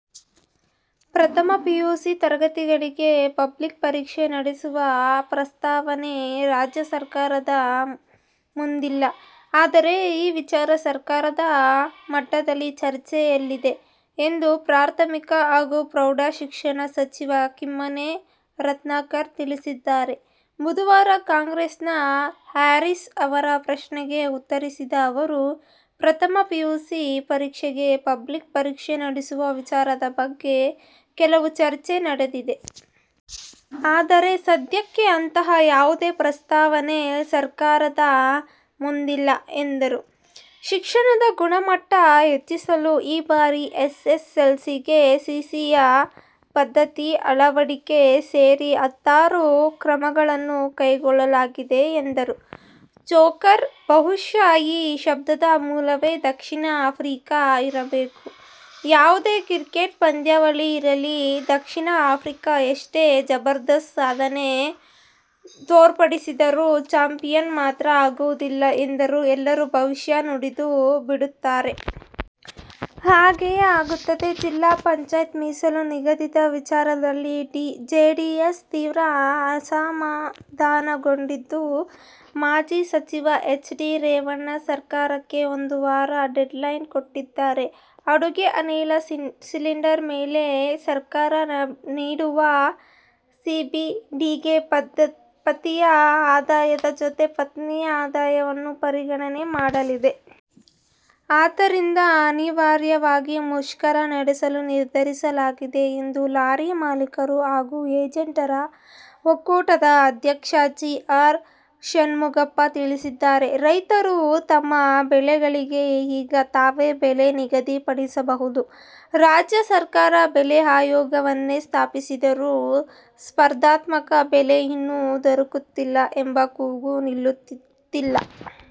ಪ್ರಥಮ ಪಿಯುಸಿ ತರಗತಿಗಳಿಗೆ ಪಬ್ಲಿಕ್ ಪರೀಕ್ಷೆ ನಡೆಸುವ ಪ್ರಸ್ತಾವನೆ ರಾಜ್ಯ ಸರ್ಕಾರದ ಮುಂದಿಲ್ಲ. ಆದರೆ, ಈ ವಿಚಾರ ಸರ್ಕಾರದ ಮಟ್ಟದಲ್ಲಿ ಚರ್ಚೆಯಲ್ಲಿದೆ ಎಂದು ಪ್ರಾಥಮಿಕ ಹಾಗೂ ಪ್ರೌಢ ಶಿಕ್ಷಣ ಸಚಿವ ಕಿಮ್ಮನೆ ರತ್ನಾಕರ ತಿಳಿಸಿದ್ದಾರೆ. ಬುಧವಾರ ಕಾಂಗ್ರೆಸ್ನ ಹ್ಯಾರೀಸ್ ಅವರ ಪ್ರಶ್ನೆಗೆ ಉತ್ತರಿಸಿದ ಅವರು, ಪ್ರಥಮ ಪಿಯುಸಿ ಪರೀಕ್ಷೆಗೆ ಪಬ್ಲಿಕ್ ಪರೀಕ್ಷೆ ನಡೆಸುವ ವಿಚಾರದ ಬಗ್ಗೆ ಕೇವಲ ಚರ್ಚೆ ನಡೆದಿದೆ. ಆದರೆ, ಸದ್ಯಕ್ಕೆ ಅಂತಹ ಯಾವುದೇ ಪ್ರಸ್ತಾವನೆ ಸರ್ಕಾರದ ಮುಂದಿಲ್ಲ ಎಂದರು. ಶಿಕ್ಷಣದ ಗುಣಮಟ್ಟ ಹೆಚ್ಚಿಸಲು ಈ ಬಾರಿ ಎಸ್ಎಸ್ಎಲ್ಸಿಗೆ ಸಿಸಿಇ ಪದ್ಧತಿ ಅಳವಡಿಕೆ ಸೇರಿ ಹತ್ತಾರು ಕ್ರಮಗಳನ್ನು ಕೈಗೊಳ್ಳಲಾಗಿದೆ ಎಂದರು. "ಚೋಕರ್'-ಬಹುಶಃ ಈ ಶಬ್ದದ ಮೂಲವೇ ದಕ್ಷಿಣ ಆಫ್ರಿಕಾ ಇರಬೇಕು! ಯಾವುದೇ ಕ್ರಿಕೆಟ್ ಪಂದ್ಯಾವಳಿ ಇರಲಿ, ದಕ್ಷಿಣ ಆಫ್ರಿಕಾ ಎಷ್ಟೇ ಜಬರ್ದಸ್ತ್ ಸಾಧನೆ ತೋರ್ಪಡಿಸಿದರೂ ಚಾಂಪಿಯನ್ ಮಾತ್ರ ಆಗುವುದಿಲ್ಲ ಎಂದು ಎಲ್ಲರೂ ಭವಿಷ್ಯ ನುಡಿದು ಬಿಡುತ್ತಾರೆ. ಹಾಗೆಯೇ ಆಗುತ್ತದೆ! ಜಿಲ್ಲಾ ಪಂಚಾಯತ್ ಮೀಸಲು ನಿಗದಿ ವಿಚಾರದಲ್ಲಿ ಜೆಡಿಎಸ್ ತೀವ್ರ ಅಸಮಾಧಾನಗೊಂಡಿದ್ದು, ಮಾಜಿ ಸಚಿವ ಎಚ್. ಡಿ. ರೇವಣ್ಣ ಸರಕಾರಕ್ಕೆ ಒಂದು ವಾರದ "ಡೆಡ್ಲೈನ್' ಕೊಟ್ಟಿದ್ದಾರೆ. ಅಡುಗೆ ಅನಿಲ ಸಿಲಿಂಡರ್ ಮೇಲೆ ಸರ್ಕಾರ ನೀಡುವ ಸಬ್ಸಿಡಿಗೆ ಪತಿಯ ಆದಾಯದ ಜತೆ ಪತ್ನಿಯ ಆದಾಯವನ್ನು ಪರಿಗಣನೆ ಮಾಡಲಿದೆ. ಆದ್ದರಿಂದ ಅನಿವಾರ್ಯವಾಗಿ ಮುಷ್ಕರ ನಡೆಸಲು ನಿರ್ಧರಿಸಲಾಗಿದೆ ಎಂದು ಲಾರಿ ಮಾಲೀಕರು ಹಾಗೂ ಏಜೆಂಟರ ಒಕ್ಕೂಟದ ಅಧ್ಯಕ್ಷ ಜಿ. ಆರ್. ಷಣ್ಮುಗಪ್ಪ ತಿಳಿಸಿದ್ದಾರೆ. ರೈತರು ತಮ್ಮ ಬೆಳೆಗಳಿಗೆ ಈಗ ತಾವೇ ಬೆಲೆ ನಿಗದಿಪಡಿಸಬಹುದು! ರಾಜ್ಯ ಸರ್ಕಾರ ಬೆಲೆ ಆಯೋಗವನ್ನೇ ಸ್ಥಾಪಿಸಿದ್ದರೂ ಸ್ಪರ್ಧಾತ್ಮಕ ಬೆಲೆ ಇನ್ನೂ ದೊರಕುತ್ತಿಲ್ಲ ಎಂಬ ಕೂಗು ನಿಲ್ಲುತ್ತಿಲ್ಲ.